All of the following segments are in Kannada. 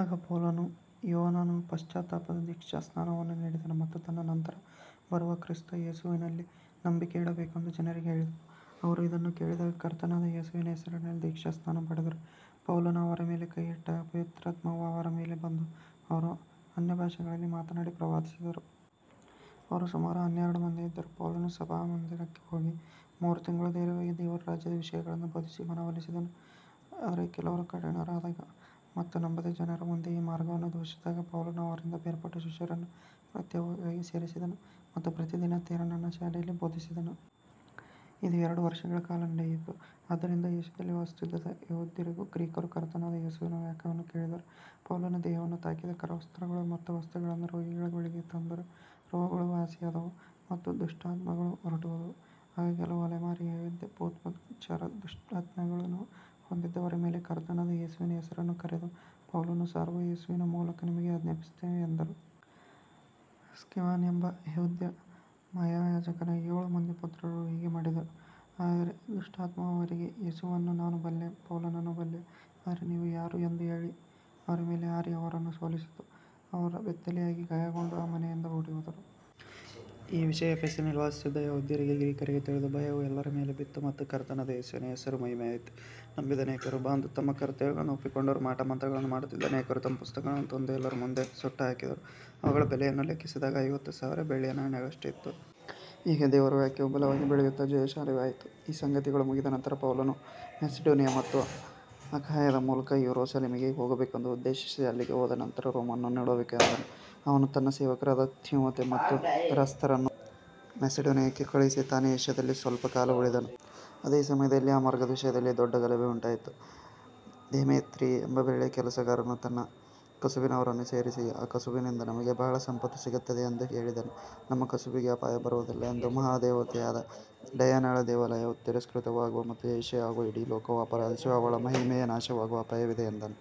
ಆಗ ಪೌಲನು ಯೋಹಾನನು ಪಶ್ಚಾತ್ತಾಪದ ದೀಕ್ಷಾಸ್ನಾನವನ್ನು ನೀಡಿದನು ಮತ್ತು ತನ್ನ ನಂತರ ಬರುವ ಕ್ರಿಸ್ತ ಯೇಸುವಿನಲ್ಲಿ ನಂಬಿಕೆಯಿಡಬೇಕೆಂದು ಜನರಿಗೆ ಹೇಳಿದನು. ಅವರು ಇದನ್ನು ಕೇಳಿದಾಗ ಕರ್ತನಾದ ಯೇಸುವಿನ ಹೆಸರಿನಲ್ಲಿ ದೀಕ್ಷಾಸ್ನಾನ ಪಡೆದರು. ಪೌಲನು ಅವರ ಮೇಲೆ ಕೈಯಿಟ್ಟಾಗ ಪವಿತ್ರಾತ್ಮವು ಅವರ ಮೇಲೆ ಬಂದು ಅವರು ಅನ್ಯಭಾಷೆಗಳಲ್ಲಿ ಮಾತನಾಡಿ ಪ್ರವಾದಿಸಿದರು. ಅವರು ಸುಮಾರು ಹನ್ನೆರಡು ಮಂದಿ ಇದ್ದರು. ಪೌಲನು ಸಭಾಮಂದಿರಕ್ಕೆ ಹೋಗಿ ಮೂರು ತಿಂಗಳು ಧೈರ್ಯವಾಗಿ ದೇವರ ರಾಜ್ಯದ ವಿಷಯಗಳನ್ನು ಬೋಧಿಸಿ ಮನವೊಲಿಸಿದನು. ಆದರೆ ಕೆಲವರು ಕಠಿಣರಾದಾಗ ಮತ್ತು ನಂಬದೆ ಜನರ ಮುಂದೆ ಈ ಮಾರ್ಗವನ್ನು ದೂಷಿಸಿದಾಗ ಪೌಲನು ಅವರಿಂದ ಬೇರ್ಪಟ್ಟು ಶಿಷ್ಯರನ್ನು ಪ್ರತ್ಯೇಕವಾಗಿ ಸೇರಿಸಿದನು ಮತ್ತು ಪ್ರತಿದಿನ ತಿರನ್ನನ ಶಾಲೆಯಲ್ಲಿ ಬೋಧಿಸಿದನು. ಇದು ಎರಡು ವರ್ಷಗಳ ಕಾಲ ನಡೆಯಿತು. ಆದ್ದರಿಂದ ಏಷ್ಯಾದಲ್ಲಿ ವಾಸಿಸುತ್ತಿದ್ದ ಯೆಹೂದ್ಯರೂ ಗ್ರೀಕರೂ ಕರ್ತನಾದ ಯೇಸುವಿನ ವಾಕ್ಯವನ್ನು ಕೇಳಿದರು. ಪೌಲನ ದೇಹವನ್ನು ತಾಕಿದ ಕರವಸ್ತ್ರಗಳು ಮತ್ತು ವಸ್ತ್ರಗಳನ್ನು ರೋಗಿಗಳ ಬಳಿಗೆ ತಂದಾಗ ರೋಗಗಳು ವಾಸಿಯಾದವು ಮತ್ತು ದುಷ್ಟಾತ್ಮಗಳು ಹೊರಟುಹೋದವು. ಆಗ ಕೆಲವು ಅಲೆಮಾರಿ ಯೆಹೂದ್ಯ ಭೂತೋಚ್ಚಾಟಕರು ದುಷ್ಟಾತ್ಮಗಳನ್ನು ಹೊಂದಿದ್ದವರ ಮೇಲೆ ಕರ್ತನಾದ ಯೇಸುವಿನ ಹೆಸರನ್ನು ಕರೆದು, ಪೌಲನು ಸಾರುವ ಯೇಸುವಿನ ಮೂಲಕ ನಿಮಗೆ ಆಜ್ಞಾಪಿಸುತ್ತೇವೆ ಎಂದರು. ಸ್ಕೆವನ ಎಂಬ ಯೆಹೂದ್ಯ ಮಹಾಯಾಜಕನ ಏಳು ಮಂದಿ ಪುತ್ರರೂ ಹೀಗೆ ಮಾಡಿದರು. ಆದರೆ ದುಷ್ಟಾತ್ಮವು ಅವರಿಗೆ, ಯೇಸುವನ್ನು ನಾನು ಬಲ್ಲೆ, ಪೌಲನನ್ನೂ ಬಲ್ಲೆ, ಆದರೆ ನೀವು ಯಾರು ಎಂದು ಹೇಳಿ ಅವರ ಮೇಲೆ ಹಾರಿ ಅವರನ್ನು ಸೋಲಿಸಿತು. ಅವರು ಬೆತ್ತಲೆಯಾಗಿ ಗಾಯಗೊಂಡು ಆ ಮನೆಯಿಂದ ಓಡಿಹೋದರು. ಈ ವಿಷಯವು ಎಫೆಸಿನಲ್ಲಿ ವಾಸಿಸುತ್ತಿದ್ದ ಯೆಹೂದ್ಯರಿಗೂ ಗ್ರೀಕರಿಗೂ ತಿಳಿದು ಭಯವು ಎಲ್ಲರ ಮೇಲೂ ಬಿತ್ತು ಮತ್ತು ಕರ್ತನಾದ ಯೇಸುವಿನ ಹೆಸರು ಮಹಿಮೆಯಾಯಿತು. ನಂಬಿದ ಅನೇಕರು ಬಂದು ತಮ್ಮ ಕೃತ್ಯಗಳನ್ನು ಒಪ್ಪಿಕೊಂಡರು. ಮಾಟಮಂತ್ರಗಳನ್ನು ಮಾಡುತ್ತಿದ್ದ ಅನೇಕರು ತಮ್ಮ ಪುಸ್ತಕಗಳನ್ನು ತಂದು ಎಲ್ಲರ ಮುಂದೆ ಸುಟ್ಟುಹಾಕಿದರು. ಅವುಗಳ ಬೆಲೆಯನ್ನು ಲೆಕ್ಕಿಸಿದಾಗ ಐವತ್ತು ಸಾವಿರ ಬೆಳ್ಳಿಯ ನಾಣ್ಯಗಳಷ್ಟು ಇತ್ತು. ಹೀಗೆ ದೇವರ ವಾಕ್ಯವು ಬಲವಾಗಿ ಬೆಳೆಯುತ್ತಾ ಜಯಶಾಲಿಯಾಯಿತು. ಈ ಸಂಗತಿಗಳು ಮುಗಿದ ನಂತರ ಪೌಲನು ಮ್ಯಾಸಿಡೋನಿಯಾ ಮತ್ತು ಅಖಾಯದ ಮೂಲಕ ಯೆರೂಸಲೇಮಿಗೆ ಹೋಗಬೇಕೆಂದು ಉದ್ದೇಶಿಸಿ, ಅಲ್ಲಿಗೆ ಹೋದ ನಂತರ ರೋಮನ್ನೂ ನೋಡಬೇಕು ಎಂದನು. ಅವನು ತನ್ನ ಸೇವಕರಾದ ತಿಮೊಥೆಯ ಮತ್ತು ಎರಾಸ್ತರನ್ನು ಮ್ಯಾಸಿಡೋನಿಯಕ್ಕೆ ಕಳುಹಿಸಿ ತಾನೇ ಏಷ್ಯಾದಲ್ಲಿ ಸ್ವಲ್ಪ ಕಾಲ ಉಳಿದನು. ಅದೇ ಸಮಯದಲ್ಲಿ ಆ ಮಾರ್ಗದ ವಿಷಯದಲ್ಲಿ ದೊಡ್ಡ ಗಲಭೆ ಉಂಟಾಯಿತು. ದೇಮೇತ್ರಿಯ ಎಂಬ ಬೆಳ್ಳಿಯ ಕೆಲಸಗಾರನು ತನ್ನ ಕಸುಬಿನವರನ್ನು ಸೇರಿಸಿ, ಈ ಕಸುಬಿನಿಂದ ನಮಗೆ ಬಹಳ ಸಂಪತ್ತು ಸಿಗುತ್ತದೆ ಎಂದು ಹೇಳಿದನು. ನಮ್ಮ ಕಸುಬಿಗೆ ಅಪಾಯ ಬರುವುದಲ್ಲದೆ ಮಹಾದೇವತೆಯಾದ ಡಯಾನಳ ದೇವಾಲಯವು ತಿರಸ್ಕೃತವಾಗುವ ಮತ್ತು ಏಷ್ಯಾ ಹಾಗೂ ಇಡೀ ಲೋಕವು ಆರಾಧಿಸುವ ಅವಳ ಮಹಿಮೆಯು ನಾಶವಾಗುವ ಅಪಾಯವಿದೆ ಎಂದನು.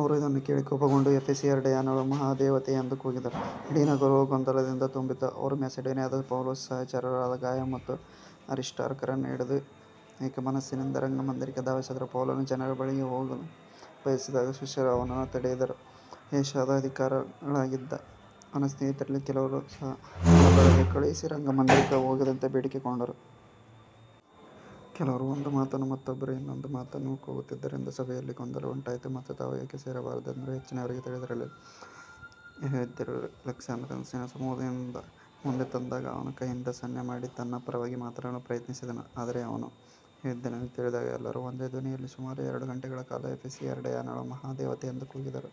ಅವರು ಇದನ್ನು ಕೇಳಿ ಕೋಪಗೊಂಡು, ಎಫೆಸಿಯರ ಡಯಾನಳು ಮಹಾದೇವತೆ ಎಂದು ಕೂಗಿದರು. ಇಡೀ ನಗರವು ಗೊಂದಲದಿಂದ ತುಂಬಿತು. ಅವರು ಮ್ಯಾಸಿಡೋನಿಯಾದ ಪೌಲನ ಸಹಚರರಾದ ಗಾಯ ಮತ್ತು ಅರಿಸ್ಟಾರ್ಕರನ್ನು ಹಿಡಿದು ಏಕಮನಸ್ಸಿನಿಂದ ರಂಗಮಂದಿರಕ್ಕೆ ಧಾವಿಸಿದರು. ಪೌಲನು ಜನರ ಬಳಿಗೆ ಹೋಗಲು ಬಯಸಿದಾಗ ಶಿಷ್ಯರು ಅವನನ್ನು ತಡೆಯಿದರು. ಏಷ್ಯಾದ ಅಧಿಕಾರಿಗಳಾಗಿದ್ದ ಅವನ ಸ್ನೇಹಿತರಲ್ಲಿ ಕೆಲವರು ಸಹ ಅವನ ಬಳಿಗೆ ಕಳುಹಿಸಿ ರಂಗಮಂದಿರಕ್ಕೆ ಹೋಗದಂತೆ ಬೇಡಿಕೊಂಡರು. ಕೆಲವರು ಒಂದು ಮಾತನ್ನು, ಮತ್ತೊಬ್ಬರು ಇನ್ನೊಂದು ಮಾತನ್ನು ಕೂಗುತ್ತಿದ್ದರಿಂದ ಸಭೆಯಲ್ಲಿ ಗೊಂದಲ ಉಂಟಾಯಿತು ಮತ್ತು ತಾವು ಏಕೆ ಸೇರಿದ್ದಾರೆಂಬುದು ಹೆಚ್ಚಿನವರಿಗೆ ತಿಳಿದಿರಲಿಲ್ಲ. ಯೆಹೂದ್ಯರು ಅಲೆಕ್ಸಾಂದ್ರನನ್ನು ಜನಸಮೂಹದಿಂದ ಮುಂದೆ ತಂದಾಗ ಅವನು ಕೈಯಿಂದ ಸನ್ನೆ ಮಾಡಿ ತನ್ನ ಪರವಾಗಿ ಮಾತನಾಡಲು ಪ್ರಯತ್ನಿಸಿದನು. ಆದರೆ ಅವನು ಯೆಹೂದ್ಯನೆಂದು ತಿಳಿದಾಗ ಎಲ್ಲರೂ ಒಂದೇ ಧ್ವನಿಯಲ್ಲಿ ಸುಮಾರು ಎರಡು ಗಂಟೆಗಳ ಕಾಲ ಎಫೆಸಿಯರ ಡಯಾನಳು ಮಹಾದೇವತೆ ಎಂದು ಕೂಗಿದರು.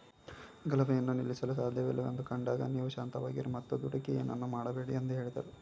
ಗಲಭೆಯನ್ನು ನಿಲ್ಲಿಸಲು ಸಾಧ್ಯವಿಲ್ಲವೆಂದು ಕಂಡಾಗ ನೀವು ಶಾಂತವಾಗಿರಿ ಮತ್ತು ದುಡುಕಿ ಏನನ್ನೂ ಮಾಡಬೇಡಿ ಎಂದು ಹೇಳಿದರು.